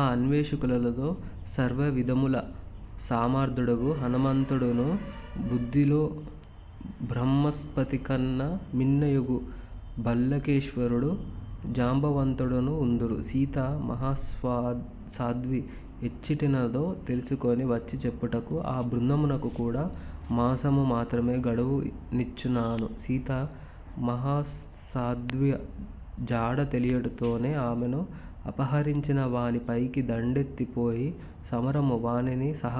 ఆ అన్వేషకులలో సర్వవిధముల సామర్ధుడగు హనుమంతుడునూ బుద్దిలో బ్రాహ్మస్పతి కన్న మిన్నయగు భల్లకేశ్వరుడు జాంబవంతుడునూ ఉందురు. సీతా మహాససాధ్వి ఎచ్చటనున్నదో తెలిసికొని వచ్చి చెప్పుటకు ఆ బృందమునకు కూడ మాసము మాత్రమే గడువు నిచ్చిన్నాను. సీతా మాహాసాద్వి జాడ తెలియుటతోనే ఆమెను అపహరించిన వానిపైకి దండెత్తిపోయి సమరమున వానిని సహ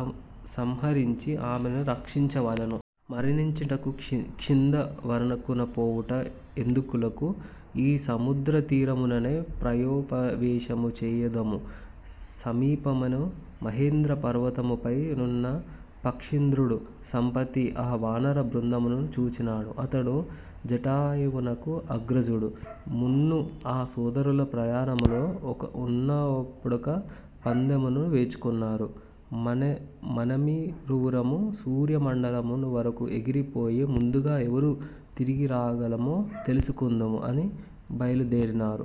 సంహరించి ఆమెను రక్షించవలెను. మరణించుటకు క్షిం కిష్కింధ వరకును పోవుట ఎందుకు లకు? ఈ సముద్ర తీరముననె ప్రాయోపవేశము చేయుదము. సమీపముననె మహేంద్రా పర్వతముపై నున్న పక్షీంద్రుడు 'సంపాతి' ఆ వానర బృందమును చూచినాడు. అతడు జటాయువునకు అగ్రజుడు. మున్ను ఆ సోదరులు ప్రయాణములో ఒక ఉన్నప్పుడొక పందెమును వేచుకొన్నారు. మనమిరువురము సూర్యమండలము వరకును ఎగిరిపోయి ముందుగా ఎవరు తిరిగి రాగలమో తెలిసికొందము అని బయలుదేరినారు.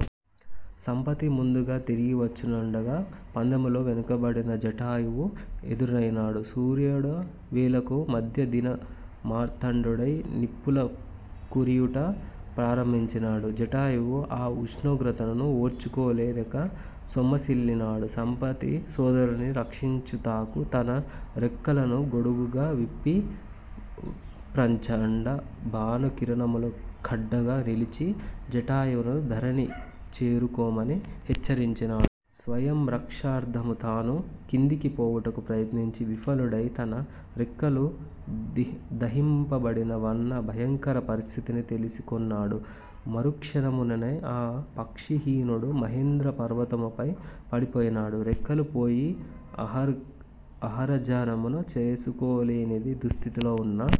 సంపాతి ముందుగా తిరిగివచ్చుచుండగా పందెములో వెనుకబడిన జటాయువు ఎదురైనాడు. సూర్యుడావేళకు మధ్య దిన మార్తాండుడై నిప్పుల కురియుట ప్రారంభించినాడు. జటాయువు ఆ ఉష్ణోగ్రతను ఓర్చుకోలేక సొమ్మసిల్లినాడు. సంపాతి సోదరుని రక్షించుతాకు తన రెక్కలను గొడుగుగా విప్పి ప్రచండ భానుకిరణముల కడ్డుగా నిలిచి జటాయువును ధరణి చేరుకొమ్మని హెచ్చరించినాడు. స్వయం రక్షణార్ధము తానూ కిందికి పోవుటకు ప్రయత్నించి విఫలుడై తన రెక్కలు ది దహింపబడిన వన్న భయంకర పరిస్థితిని తెలిసికొన్నాడు. మరుక్షణముననే ఆ పక్షహీనుడు మహేంద్ర పర్వతముపై పడిపోయినాడు. రెక్కలు పోయి ఆహారార్జనను చేసికొనలేని దుస్థితిలో ఉన్న